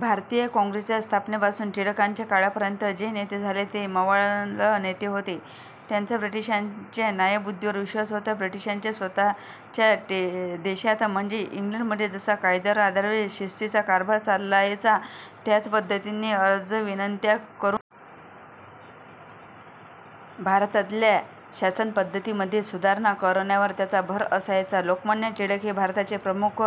भारतीय काँग्रेसच्या स्थापनेपासुन टिळकांच्या काळापर्यंत जे नेते झाले ते मवाळ नेते होते. त्यांचा ब्रिटिशांच्या न्यायबुद्धीवर विश्वास होता. ब्रिटिशांच्या स्वतःच्या देशात म्हणजे इंग्लंडमध्ये जसा कायद्यावर आधारित शिस्तीचा कारभार चालायचा, त्याच पद्धतीने अर्जविनंत्या करून, भारतातल्या शासनपद्धतीमध्ये सुधारणा करण्यावर त्यांचा भर असायचा. लोकमान्य टिळक हे भारताचे प्रमुख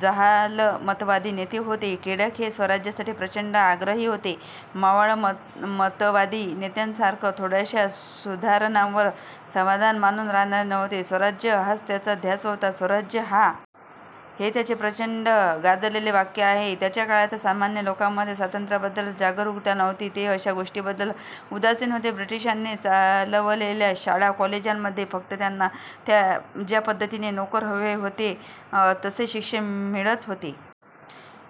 जहालमतवादी नेते होते. टिळक हे स्वराज्यासाठी प्रचंड आग्रही होते. मवाळमतवादी नेत्यांसारखं थोड्याशा सुधारणांवर समाधान मानुन राहणारे नव्हते. स्वराज्य हाच त्यांचा ध्यास होता. स्वराज्य हा माझा जन्मसिद्ध हक्क आहे आणि तो मी मिळवणारच. हे त्यांचे प्रचंड गाजलेले वाक्य आहे. त्यांच्या काळात सामान्य लोकांमध्ये स्वातंत्र्याबद्दल जागरूकता नव्हती. ते अशा गोष्टींबद्दल उदासीन होते. ब्रिटिशांनी चालवलेल्या शाळा कॉलेजांमध्ये फक्त त्यांना ज्या पद्धतीचे नोकर हवे होते तसे शिक्षण मिळत होते.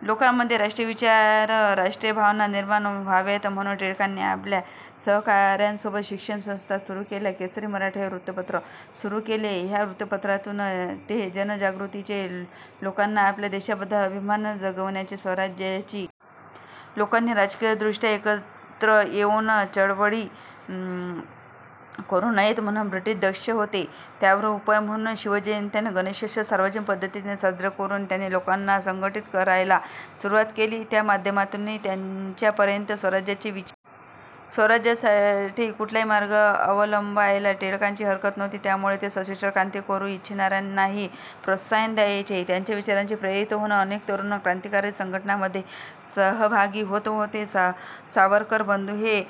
लोकांमध्ये राष्ट्रीय विचार राष्ट्रीय भावना निर्माण व्हाव्यात म्हणुन टिळकांनी आपल्या सहकाऱ्यांसोबत शिक्षण संस्था सुरु केल्या. केसरी मराठा हे वृत्तपत्र सुरु केले. ह्या वृत्तपत्रातुन ते जनजागृतीचे लोकांना आपल्या देशाबद्दल अभिमान जगवण्याचे स्वराज्याची इच्छा चेतवण्याचे काम करत होते. लोकांनी राजकीय दृष्ट्या एकत्र येऊन चळवळी करू नयेत म्हणुन ब्रिटिश दक्ष होते. त्यावर उपाय म्हणून शिवजयंती आणि गणेशोत्सव सार्वजनिक पद्धतीने साजरे करून त्यांनी लोकांना संघटित करायला सुरुवात केली. त्या माध्यमातूनही त्यांच्यापर्यंत स्वराज्याचे विचार पोहोचवणे सुरु केले. स्वराज्यासाठी कुठल्याही मार्ग अवलंबायला टिळकांची हरकत नव्हती. त्यामुळे ते सशस्त्र क्रांती करू इच्छिणाऱ्यांनाही प्रोत्साहन द्यायचे. त्यांच्या विचारांनी प्रेरित होऊन अनेक तरुण क्रांतिकारी संघटनांमध्ये सहभागी होत होते. सावरकर बंधु हे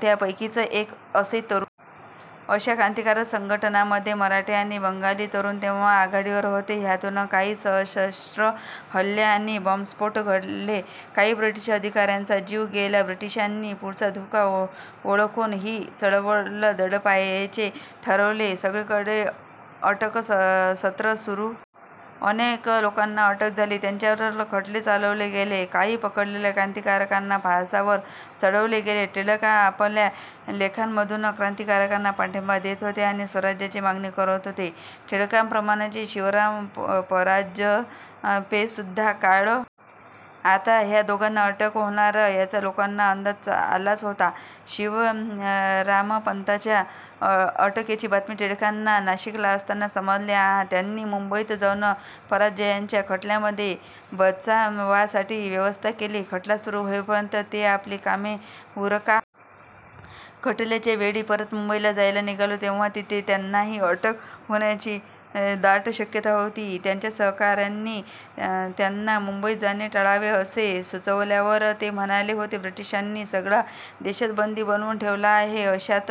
त्यापैकीच एक. असे तरुण बॉम्ब बनवणे, हत्यारे जमवणे असे उद्योग करत होते. अशा क्रांतिकारक संघटनांमध्ये मराठी आणि बंगाली तरुण तेव्हा आघाडीवर होते. ह्यातुन काही सशस्त्र हल्ले आणि बॉम्बस्फोट घडले. काही ब्रिटिश अधिकाऱ्यांचा जीव गेला. ब्रिटिशांनी पुढचा धोका ओळखुन हि चळवळ दडपायचे ठरवले. सगळीकडे अटकसत्र सुरु झाले. अनेक लोकांना अटक झाली, त्यांच्यावर खटले चालवले गेले, काही पकडलेल्या क्रांतीकारकांना फासावर चढवले गेले. टिळक आपल्या लेखांमधुन क्रांतीकारकांना पाठिंबा देत होते आणि स्वराज्याची मागणी करत होते. टिळकांप्रमाणेच शिवराम परांजपेसुद्धा काळ हे वृत्तपत्र चालवत होते आणि तशाच विचारांची मांडणी करत होते. आता ह्या दोघांना अटक होणार याचा लोकांना अंदाज आलाच होता. शिवरामपंतांच्या अटकेची बातमी टिळकांना नाशिकला असताना समजली. त्यांनी मुंबईत जाऊन परांजप्यांच्या खटल्यामध्ये बचावासाठी व्यवस्था केली. खटला सुरु होईपर्यंत ते आपली कामे उरकायला पुण्याला आले. खटल्याच्या वेळी परत मुंबईला जायला निघाले तेव्हा तिथे त्यांनाही अटक होण्याची दाट शक्यता होती. त्यांच्या सहकाऱ्यांनी त्यांना मुंबईत जाणे टाळावे असे सुचवल्यावर ते म्हणाले होते ब्रिटिशांनी सगळा देशच बंदी बनवुन ठेवला आहे. अशात